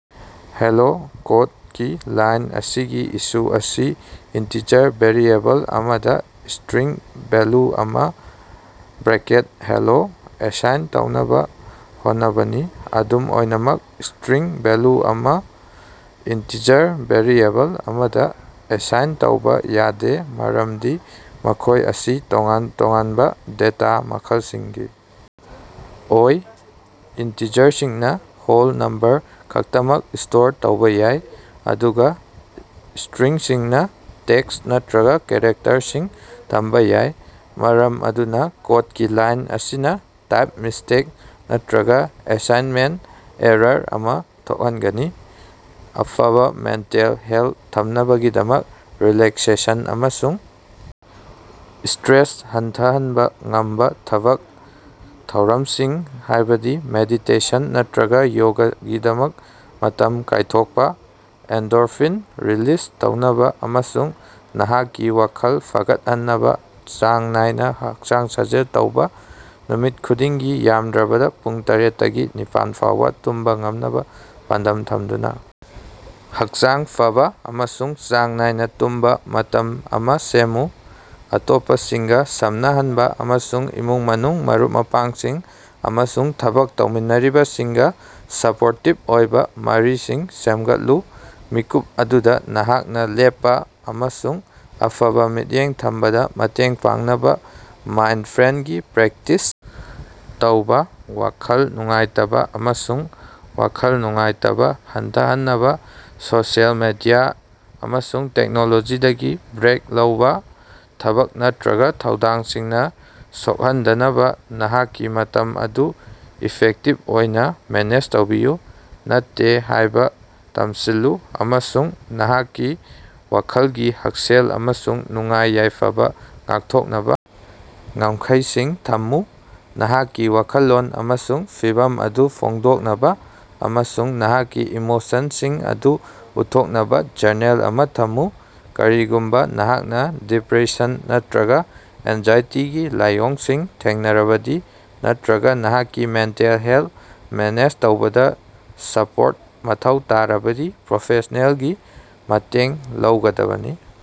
"Hello", ꯀꯣꯗꯀꯤ line ꯑꯁꯤꯒꯤ issue ꯑꯁꯤ ꯏꯟꯇꯤꯖꯔ ꯚꯦꯔꯤꯑꯦꯕꯜ ꯑꯃꯗꯥ ꯁ꯭ꯇꯔꯤꯡ ꯚꯦꯂꯨ ꯑꯃꯥ (ꯍꯦꯂꯣ) ꯑꯦꯁꯥꯏꯟ ꯇꯧꯅꯕꯥ ꯍꯣꯠꯅꯕꯅꯤ꯫ ꯑꯗꯨꯝ ꯑꯣꯏꯅꯃꯛ ꯁ꯭ꯇꯔꯤꯡ ꯚꯦꯂꯨ ꯑꯃꯥ ꯏꯟꯇꯤꯖꯔ ꯚꯦꯔꯤꯑꯦꯕꯜ ꯑꯃꯗꯥ ꯑꯦꯁꯥꯏꯟ ꯇꯧꯕꯥ ꯌꯥꯗꯦ ꯃꯔꯝꯗꯤ ꯃꯈꯣꯏ ꯑꯁꯤ ꯇꯣꯉꯥꯟ-ꯇꯣꯉꯥꯟꯕꯥ ꯗꯦꯇꯥ ꯃꯈꯜꯁꯤꯡꯒꯤ ꯑꯣꯏ꯫ ꯏꯟꯇꯤꯖꯔꯁꯤꯡꯅꯥ ꯍꯣꯜ ꯅꯝꯕꯔ ꯈꯛꯇꯃꯛ ꯁ꯭ꯇꯣꯔ ꯇꯧꯕꯥ ꯌꯥꯏ, ꯑꯗꯨꯒꯥ ꯁꯇ꯭ꯔꯤꯡꯁꯤꯡꯅꯥ ꯇꯦꯛꯁ ꯅꯠꯇ꯭ꯔꯒ ꯀꯦꯔꯦꯛꯇꯔꯁꯤꯡ ꯊꯝꯕꯥ ꯌꯥꯏ꯫ ꯃꯔꯝ ꯑꯗꯨꯅꯥ ꯀꯣꯗꯀꯤ ꯂꯥꯏꯟ ꯑꯁꯤꯅꯥ ꯇꯥꯏꯞ ꯃꯤꯁꯇꯦꯠ ꯅꯠꯇ꯭ꯔꯒꯥ ꯑꯦꯁꯥꯏꯟꯃꯦꯟꯇ ꯑꯦꯔꯥꯔ ꯑꯃꯥ ꯊꯣꯛꯍꯟꯒꯅꯤ꯫ ꯑꯐꯕꯥ ꯃꯦꯟꯇꯦꯜ ꯍꯦꯜꯇ ꯊꯝꯅꯕꯒꯤꯗꯃꯛ, ꯔꯤꯂꯦꯛꯁꯦꯁꯟ ꯑꯃꯁꯨꯡ ꯁꯇ꯭ꯔꯦꯁ ꯍꯟꯊꯍꯟꯕꯥ ꯉꯝꯕꯥ ꯊꯕꯛ ꯊꯧꯔꯝꯁꯤꯡ, ꯍꯥꯏꯕꯗꯤ ꯃꯦꯗꯤꯇꯦꯁꯟ ꯅꯠꯇ꯭ꯔꯒꯥ ꯌꯣꯒꯥꯒꯤꯗꯃꯛ ꯃꯇꯝ ꯀꯥꯏꯊꯣꯛꯄꯥ꯫ ꯑꯦꯟꯗꯣꯔꯐꯤꯟ ꯔꯤꯂꯤꯁ ꯇꯧꯅꯕꯥ ꯑꯃꯁꯨꯡ ꯅꯍꯥꯛꯀꯤ ꯋꯥꯈꯜ ꯐꯒꯠꯍꯟꯅꯕꯥ ꯆꯥꯡ ꯅꯥꯏꯅꯥ ꯍꯛꯆꯥꯡ ꯁꯥꯖꯦꯜ ꯇꯧꯕꯥ꯫ ꯅꯨꯃꯤꯠ ꯈꯨꯗꯤꯡꯒꯤ ꯌꯥꯝꯗ꯭ꯔꯕꯗꯥ ꯄꯨꯡ ꯇꯔꯦꯠꯇꯒꯤ ꯅꯤꯄꯥꯟꯐꯥꯎꯕ ꯇꯨꯝꯕꯥ ꯉꯝꯅꯕꯥ ꯄꯥꯟꯗꯝ ꯊꯝꯗꯨꯅꯥ ꯍꯛꯆꯥꯡ ꯐꯕꯥ ꯑꯃꯁꯨꯡ ꯆꯥꯡ ꯅꯥꯏꯅꯥ ꯇꯨꯝꯕꯥ ꯃꯇꯝ ꯑꯃꯥ ꯁꯦꯝꯃꯨ꯫ ꯑꯇꯣꯞꯄꯁꯤꯡꯒꯥ ꯁꯝꯅꯍꯟꯕꯥ ꯑꯃꯁꯨꯡ ꯏꯃꯨꯡ-ꯃꯅꯨꯡ, ꯃꯔꯨꯞ-ꯃꯄꯥꯡꯁꯤꯡ ꯑꯃꯁꯨꯡ ꯊꯕꯛ ꯇꯧꯃꯤꯟꯅꯔꯤꯕꯁꯤꯡꯒꯥ ꯁꯄꯣꯔꯇꯤꯞ ꯑꯣꯏꯕꯥ ꯃꯔꯤꯁꯤꯡ ꯁꯦꯝꯒꯠꯂꯨ꯫ ꯃꯤꯀꯨꯞ ꯑꯗꯨꯗꯥ ꯅꯍꯥꯛꯅꯥ ꯂꯦꯞꯄꯥ ꯑꯃꯁꯨꯡ ꯑꯐꯕ ꯃꯤꯠꯌꯦꯡ ꯊꯝꯕꯗꯥ ꯃꯇꯦꯡ ꯄꯥꯡꯅꯕꯥ ꯃꯥꯏꯟꯗꯐ꯭ꯔꯦꯟꯒꯤ ꯄ꯭ꯔꯦꯛꯇꯤꯁ ꯇꯧꯕꯥ꯫ ꯋꯥꯈꯜ ꯅꯨꯡꯉꯥꯏꯇꯕꯥ ꯑꯃꯁꯨꯡ ꯋꯥꯈꯜ ꯅꯨꯡꯉꯥꯏꯇꯕꯥ ꯍꯟꯊꯍꯟꯅꯕꯥ ꯁꯣꯁꯤꯑꯦꯜ ꯃꯤꯗꯤꯌꯥ ꯑꯃꯁꯨꯡ ꯇꯦꯛꯅꯣꯂꯣꯖꯤꯗꯒꯤ ꯕ꯭ꯔꯦꯛ ꯂꯧꯕꯥ꯫ ꯊꯕꯛ ꯅꯠꯇ꯭ꯔꯒꯥ ꯊꯧꯗꯥꯡꯁꯤꯡꯅꯥ ꯁꯣꯛꯍꯟꯗꯅꯕꯥ ꯅꯍꯥꯛꯀꯤ ꯃꯇꯝ ꯑꯗꯨ ꯏꯐꯦꯛꯇꯤꯞ ꯑꯣꯏꯅꯥ ꯃꯦꯅꯦꯖ ꯇꯧꯕꯤꯌꯨ꯫ "ꯅꯠꯇꯦ"ꯍꯥꯏꯕꯥ ꯇꯝꯁꯤꯜꯂꯨ ꯑꯃꯁꯨꯡ ꯅꯍꯥꯛꯀꯤ ꯋꯥꯈꯜꯒꯤ ꯍꯛꯁꯦꯜ ꯑꯃꯁꯨꯡ ꯅꯨꯡꯉꯥꯏ-ꯌꯥꯏꯐꯕꯥ ꯉꯥꯛꯊꯣꯛꯅꯕꯥ ꯉꯝꯈꯩꯁꯤꯡ ꯊꯝꯃꯨ꯫ ꯅꯍꯥꯛꯀꯤ ꯋꯥꯈꯜꯂꯣꯟ ꯑꯃꯁꯨꯡ ꯐꯤꯚꯝ ꯑꯗꯨ ꯐꯣꯡꯗꯣꯛꯅꯕꯥ ꯑꯃꯁꯨꯡ ꯅꯍꯥꯛꯀꯤ ꯏꯃꯣꯁꯟꯁꯤꯡ ꯑꯗꯨ ꯎꯠꯊꯣꯛꯅꯕ ꯖꯔꯅꯦꯜ ꯑꯃꯥ ꯊꯝꯃꯨ꯫ ꯀꯔꯤꯒꯨꯝꯕꯥ ꯅꯍꯥꯛꯅꯥ ꯗꯤꯄ꯭ꯔꯦꯁꯟ ꯅꯠꯇ꯭ꯔꯒꯥ ꯑꯦꯟꯖꯥꯏꯇꯤꯒꯤ ꯂꯥꯏꯑꯣꯡꯁꯤꯡ ꯊꯦꯡꯅꯔꯕꯗꯤ, ꯅꯠꯇ꯭ꯔꯒꯥ ꯅꯍꯥꯛꯀꯤ ꯃꯦꯟꯇꯦꯜ ꯍꯦꯜꯗ ꯃꯦꯅꯦꯖ ꯇꯧꯕꯗꯥ ꯁꯄꯣꯔꯠ ꯃꯊꯧ ꯇꯥꯔꯕꯗꯤ ꯄ꯭ꯔꯣꯐꯦꯁꯅꯦꯜꯒꯤ ꯃꯇꯦꯡ ꯂꯧꯒꯗꯕꯅꯤ꯫